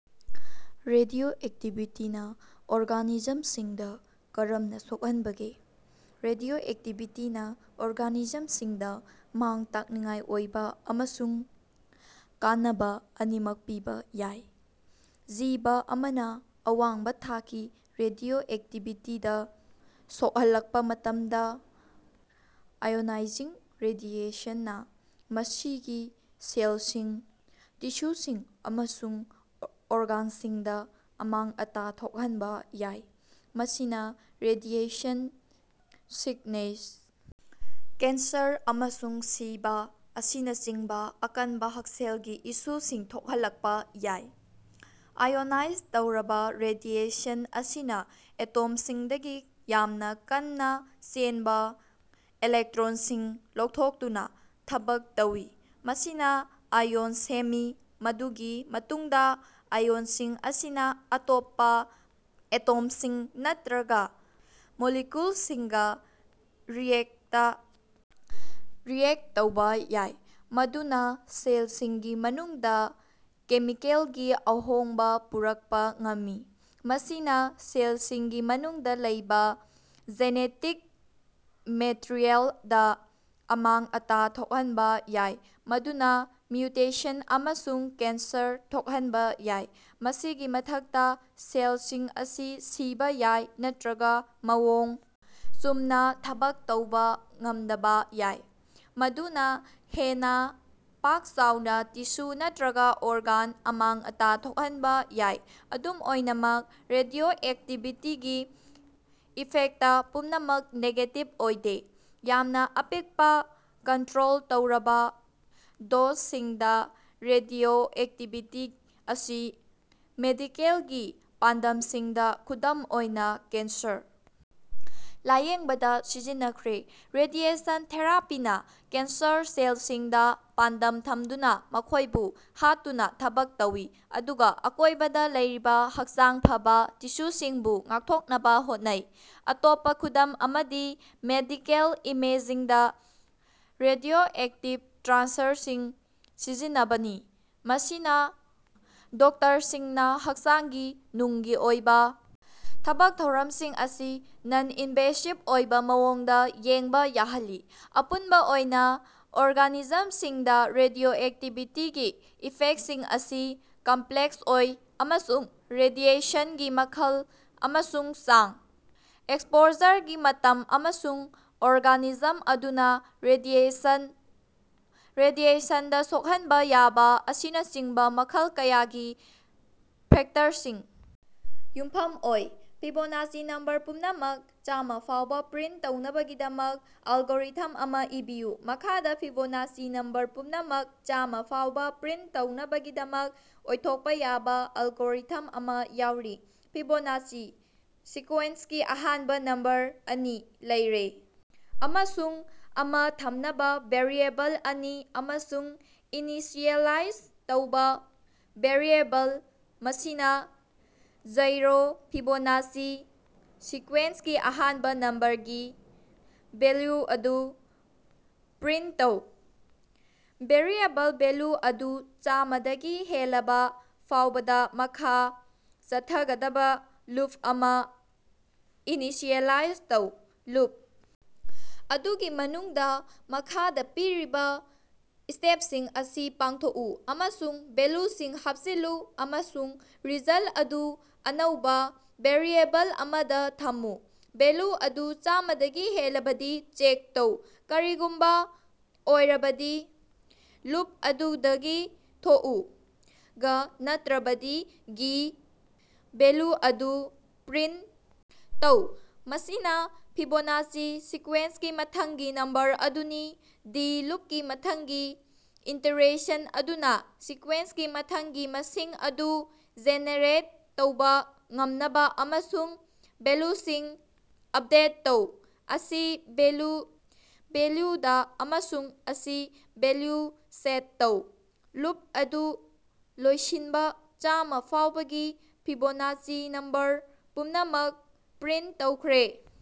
ꯔꯦꯗꯤꯑꯣꯑꯦꯛꯇꯤꯚꯤꯇꯤꯅ ꯑꯣꯔꯒꯥꯅꯤꯖꯝꯁꯤꯡꯗ ꯀꯔꯝꯅ ꯁꯣꯛꯍꯟꯕꯒꯦ? ꯔꯦꯗꯤꯑꯣꯑꯦꯛꯇꯤꯚꯤꯇꯤꯅ ꯑꯣꯔꯒꯥꯅꯤꯖꯝꯁꯤꯡꯗ ꯃꯥꯡ-ꯇꯥꯛꯅꯤꯡꯉꯥꯏ ꯑꯣꯏꯕ ꯑꯃꯁꯨꯡ ꯀꯥꯟꯅꯕ ꯑꯅꯤꯃꯛ ꯄꯤꯕ ꯌꯥꯏ꯫ ꯖꯤꯕ ꯑꯃꯅ ꯑꯋꯥꯡꯕ ꯊꯥꯛꯀꯤ ꯔꯦꯗꯤꯑꯣꯑꯦꯛꯇꯤꯚꯤꯇꯤꯗ ꯁꯣꯛꯍꯜꯂꯛꯄ ꯃꯇꯝꯗ, ꯑꯥꯏꯑꯣꯅꯥꯏꯖꯤꯡ ꯔꯦꯗꯤꯑꯦꯁꯟꯅ ꯃꯁꯤꯒꯤ ꯁꯦꯜꯁꯤꯡ, ꯇꯤꯁꯨꯁꯤꯡ ꯑꯃꯁꯨꯡ ꯑꯣꯔꯒꯥꯟꯁꯤꯡꯗ ꯑꯃꯥꯡ-ꯑꯇꯥ ꯊꯣꯛꯍꯟꯕ ꯌꯥꯏ꯫ ꯃꯁꯤꯅ ꯔꯦꯗꯤꯑꯦꯁꯟ ꯁꯤꯛꯅꯦꯁ, ꯀꯦꯟꯁꯔ, ꯑꯃꯁꯨꯡ ꯁꯤꯕ ꯑꯁꯤꯅꯆꯤꯡꯕ ꯑꯀꯟꯕ ꯍꯛꯁꯦꯜꯒꯤ ꯏꯁꯨꯁꯤꯡ ꯊꯣꯛꯍꯜꯂꯛꯄ ꯌꯥꯏ꯫ ꯑꯥꯏꯑꯣꯅꯥꯏꯖ ꯇꯧꯔꯕ ꯔꯦꯗꯤꯑꯦꯁꯟ ꯑꯁꯤꯅ ꯑꯦꯇꯣꯝꯁꯤꯡꯗꯒꯤ ꯌꯥꯝꯅ ꯀꯟꯅ‌ ꯆꯦꯟꯕ ꯏꯂꯦꯛꯇ꯭ꯔꯣꯟꯁꯤꯡ ꯂꯧꯊꯣꯛꯇꯨꯅ ꯊꯕꯛ ꯇꯧꯏ, ꯃꯁꯤꯅ ꯑꯥꯏꯑꯣꯟ ꯁꯦꯝꯃꯤ꯫ ꯃꯗꯨꯒꯤ ꯃꯇꯨꯡꯗ ꯑꯥꯏꯑꯣꯟꯁꯤꯡ ꯑꯁꯤꯅ ꯑꯇꯣꯞꯄ ꯑꯦꯇꯣꯝꯁꯤꯡ ꯅꯠꯇꯔꯒ ꯃꯣꯂꯤꯀ꯭ꯌꯨꯜꯁꯤꯡꯒ ꯔꯤꯑꯦꯛꯇ ꯇꯧꯕ ꯌꯥꯏ, ꯃꯗꯨꯅ ꯁꯦꯜꯁꯤꯡꯒꯤ ꯃꯅꯨꯡꯗ ꯀꯦꯃꯤꯀꯦꯜꯒꯤ ꯑꯍꯣꯡꯕ ꯄꯨꯔꯛꯄ ꯉꯝꯃꯤ꯫ ꯃꯁꯤꯅ ꯁꯦꯜꯁꯤꯡꯒꯤ ꯃꯅꯨꯡꯗ ꯂꯩꯕ ꯖꯦꯅꯦꯇꯤꯛ ꯃꯦꯇꯥꯔꯤꯑꯦꯜ ꯗꯥ ꯑꯃꯥꯡ-ꯑꯇꯥ ꯊꯣꯛꯍꯟꯕ ꯌꯥꯏ, ꯃꯗꯨꯅꯥ ꯃ꯭ꯌꯨꯇꯦꯁꯟ ꯑꯃꯁꯨꯡ ꯀꯦꯟꯁꯔ ꯊꯣꯛꯍꯟꯕ ꯌꯥꯏ꯫ ꯃꯁꯤꯒꯤ ꯃꯊꯛꯇ, ꯁꯦꯜꯁꯤꯡ ꯑꯁꯤ ꯁꯤꯕꯥ ꯌꯥꯏ ꯅꯠꯇꯔꯒ ꯃꯑꯣꯡ ꯆꯨꯝꯅ ꯊꯕꯛ ꯇꯧꯕ ꯉꯝꯗꯕ ꯌꯥꯏ, ꯃꯗꯨꯅ ꯍꯦꯟꯅ ꯄꯥꯛ-ꯆꯥꯎꯅ ꯇꯤꯁꯨ ꯅꯠꯇꯔꯒ ꯑꯣꯔꯒꯥꯟ ꯑꯃꯥꯡ-ꯑꯇꯥ ꯊꯣꯛꯍꯟꯕ ꯌꯥꯏ꯫ ꯑꯗꯨꯝ ꯑꯣꯏꯅꯃꯛ, ꯔꯦꯗꯤꯑꯣꯑꯦꯛꯇꯤꯚꯤꯇꯤꯒꯤ ꯏꯐꯦꯛꯇ ꯄꯨꯝꯅꯃꯛ ꯅꯦꯒꯦꯇꯤꯚ ꯑꯣꯏꯗꯦ꯫ ꯌꯥꯝꯅ ꯑꯄꯤꯛꯄ, ꯀꯟꯇꯔꯣꯜ ꯇꯧꯔꯕ ꯗꯣꯖꯁꯤꯡꯗ, ꯔꯦꯗꯤꯑꯣꯑꯦꯛꯇꯤꯚꯤꯇꯤ ꯑꯁꯤ ꯃꯦꯗꯤꯀꯦꯜꯒꯤ ꯄꯥꯟꯗꯝꯁꯤꯡꯗ, ꯈꯨꯗꯝ ꯑꯣꯏꯅ ꯀꯦꯟꯁꯔ ꯂꯥꯌꯦꯡꯕꯗ ꯁꯤꯖꯤꯟꯅꯈ꯭ꯔꯦ꯫ ꯔꯦꯗꯤꯑꯦꯁꯟ ꯊꯦꯔꯥꯄꯤꯅ ꯀꯦꯟꯁꯔ ꯁꯦꯜꯁꯤꯡꯗ ꯄꯥꯟꯗꯝ ꯊꯝꯗꯨꯅ ꯃꯈꯣꯏꯕꯨ ꯍꯥꯠꯇꯨꯅ ꯊꯕꯛ ꯇꯧꯏ, ꯑꯗꯨꯒ ꯑꯀꯣꯏꯕꯗ ꯂꯩꯔꯤꯕ ꯍꯛꯆꯥꯡ ꯐꯕꯥ ꯇꯤꯁ꯭ꯌꯨꯁꯤꯡꯕꯨ ꯉꯥꯛꯊꯣꯛꯅꯕ ꯍꯣꯠꯅꯩ꯫ ꯑꯇꯣꯞꯄ ꯈꯨꯗꯝ ꯑꯃꯗꯤ ꯃꯦꯗꯤꯀꯦꯜ ꯏꯃꯦꯖꯤꯡꯗ ꯔꯦꯗꯤꯑꯣꯑꯦꯛꯇꯤꯚ ꯇ꯭ꯔꯦꯁꯔꯁꯤꯡ ꯁꯤꯖꯤꯟꯅꯕꯅꯤ, ꯃꯁꯤꯅ ꯗꯣꯛꯇꯔꯁꯤꯡꯅ ꯍꯛꯆꯥꯡꯒꯤ ꯅꯨꯡꯒꯤ ꯑꯣꯏꯕ ꯊꯕꯛ ꯊꯧꯔꯝꯁꯤꯡ ꯑꯁꯤ ꯅꯟ-ꯏꯟꯚꯦꯁꯤꯕ ꯑꯣꯏꯕ ꯃꯑꯣꯡꯗ ꯌꯦꯡꯕ ꯌꯥꯍꯜꯂꯤ꯫ ꯑꯄꯨꯟꯕ ꯑꯣꯏꯅ, ꯑꯣꯔꯒꯥꯅꯤꯖꯝꯁꯤꯡꯗ ꯔꯦꯗꯤꯑꯣꯑꯦꯛꯇꯤꯚꯤꯇꯤꯒꯤ ꯏꯐꯦꯛꯇꯁꯤꯡ ꯑꯁꯤ ꯀꯝꯄ꯭ꯂꯦꯛꯁ ꯑꯣꯏ, ꯑꯃꯁꯨꯡ ꯔꯦꯗꯤꯑꯦꯁꯟꯒꯤ ꯃꯈꯜ ꯑꯃꯁꯨꯡ ꯆꯥꯡ, ꯑꯦꯛꯁꯄꯣꯖꯔꯒꯤ ꯃꯇꯝ, ꯑꯃꯁꯨꯡ ꯑꯣꯔꯒꯥꯅꯤꯖꯝ ꯑꯗꯨꯅ ꯔꯦꯗꯤꯑꯦꯁꯟꯗ ꯁꯣꯛꯍꯟꯕ ꯌꯥꯕ ꯑꯁꯤꯅꯆꯤꯡꯕ‌ ꯃꯈꯜ ꯀꯌꯥꯒꯤ ꯐꯦꯛꯇꯔꯁꯤꯡꯗ ꯌꯨꯝꯐꯝ ꯑꯣꯏ꯫ ꯐꯤꯕꯣꯅꯥꯆꯤ ꯅꯝꯕꯔ ꯄꯨꯝꯅꯃꯛ ꯆꯥꯝꯃꯥ ꯐꯥꯎꯕ ꯄ꯭ꯔꯤꯟꯇ ꯇꯧꯅꯕꯒꯤꯗꯃꯛ ꯑꯦꯜꯒꯣꯔꯤꯊꯝ ꯑꯃ ꯏꯕꯤꯌꯨ꯫ ꯃꯈꯥꯗ ꯐꯤꯕꯣꯅꯥꯆꯤ ꯅꯝꯕꯔ ꯄꯨꯝꯅꯃꯛ ꯆꯥꯝꯃꯥ ꯐꯥꯎꯕ‌ ꯄ꯭ꯔꯤꯟꯇ ꯇꯧꯅꯕꯒꯤꯗꯃꯛ ꯑꯣꯏꯊꯣꯛꯄ ꯌꯥꯕ ꯑꯦꯜꯒꯣꯔꯤꯊꯝ ꯑꯃ ꯌꯥꯎꯔꯤ - ꯐꯤꯕꯣꯅꯥꯆꯤ ꯁꯤꯀ꯭ꯋꯦꯟꯁꯀꯤ ꯑꯍꯥꯟꯕ ꯅꯝꯕꯔ ꯑꯅꯤ, ꯖꯩꯔꯦ ꯑꯃꯁꯨꯡ ꯑꯃ ꯊꯝꯅꯕ‌ ꯚꯦꯔꯤꯑꯦꯕꯜ ꯑꯅꯤ, ꯑꯃꯁꯨꯡ, ꯏꯅꯤꯁꯤꯑꯦꯂꯥꯏꯖ ꯇꯧꯕ ꯚꯦꯔꯤꯑꯦꯕꯜ, ꯃꯁꯤꯅ‌ ꯖꯩꯔꯣ, ꯐꯤꯕꯣꯅꯥꯆꯤ ꯁꯤꯀ꯭ꯋꯦꯟꯁꯀꯤ ꯑꯍꯥꯟꯕ ꯅꯝꯕꯔ ꯒꯤ ꯚꯦꯂ꯭ꯌꯨ ꯑꯗꯨ ꯄ꯭ꯔꯤꯟꯇ ꯇꯧ꯫ ꯚꯦꯔꯤꯑꯦꯕꯜ ꯚꯦꯂ꯭ꯌꯨ ꯑꯗꯨ ꯆꯥꯝꯃꯥꯗꯒꯤ ꯍꯦꯜꯂꯕ ꯐꯥꯎꯕꯗ ꯃꯈꯥ ꯆꯠꯊꯒꯗꯕ ꯂꯨꯞ ꯑꯃ ꯏꯅꯤꯁꯤꯑꯦꯂꯥꯏꯖ ꯇꯧ ꯂꯨꯞ ꯑꯗꯨꯒꯤ ꯃꯅꯨꯡꯗ ꯃꯈꯥꯗ ꯄꯤꯔꯤꯕ ꯁ꯭ꯇꯦꯞꯁꯤꯡ ꯑꯁꯤ ꯄꯥꯡꯊꯣꯛꯎ꯫ꯑꯃꯁꯨꯡ ꯚꯦꯂ꯭ꯌꯨꯁꯤꯡ ꯍꯥꯞꯆꯤꯜꯂꯨ ꯑꯃꯁꯨꯡ ꯔꯤꯖꯜꯇ ꯑꯗꯨ ꯑꯅꯧꯕ ꯚꯦꯔꯤꯑꯦꯕꯜ ꯑꯃꯗ‌ ꯊꯝꯃꯨ ꯚꯦꯂ꯭ꯌꯨ ꯑꯗꯨ ꯆꯥꯝꯃꯥꯗꯒꯤ ꯍꯦꯜꯂꯕꯗꯤ ꯆꯦꯛ ꯇꯧ, ꯀꯔꯤꯒꯨꯝꯕ ꯑꯣꯏꯔꯕꯗꯤ, ꯂꯨꯞ ꯑꯗꯨꯗꯒꯤ ꯊꯣꯛꯎ꯫ ꯒ ꯅꯠꯇꯔꯕꯗꯤ, ꯒꯤ ꯚꯦꯂ꯭ꯌꯨ ꯑꯗꯨ ꯄ꯭ꯔꯤꯟꯇ ꯇꯧ, ꯃꯁꯤꯅ ꯐꯤꯕꯣꯅꯥꯆꯤ ꯁꯤꯀ꯭ꯋꯦꯟꯁꯀꯤ ꯃꯊꯪꯒꯤ ꯅꯝꯕꯔ ꯑꯗꯨꯅꯤ꯫ ꯗꯤ ꯂꯨꯞꯀꯤ ꯃꯊꯪꯒꯤ ꯏꯇꯤꯔꯦꯁꯟ ꯑꯗꯨꯅ ꯁꯤꯀ꯭ꯋꯦꯟꯁꯀꯤ ꯃꯊꯪꯒꯤ ꯃꯁꯤꯡ ꯑꯗꯨ ꯖꯦꯅꯦꯔꯦꯠ ꯇꯧꯕ‌ ꯉꯝꯅꯕ ꯑꯃꯁꯨꯡ ꯚꯦꯂ꯭ꯌꯨꯁꯤꯡ ꯑꯞꯗꯦꯠ ꯇꯧ꯫ ꯑꯁꯤ ꯚꯦꯂ꯭ꯌꯨꯗ ꯑꯃꯁꯨꯡ ꯑꯁꯤ ꯚꯦꯂ꯭ꯌꯨꯗ ꯁꯦꯠ ꯇꯧ꯫ ꯂꯨꯞ ꯑꯗꯨ ꯂꯣꯏꯁꯤꯟꯕ - ꯆꯥꯝꯃꯥ ꯐꯥꯎꯕꯒꯤ ꯐꯤꯕꯣꯅꯥꯆꯤ ꯅꯝꯕꯔ ꯄꯨꯝꯅꯃꯛ ꯄ꯭ꯔꯤꯟꯇ ꯇꯧꯈ꯭ꯔꯦ꯫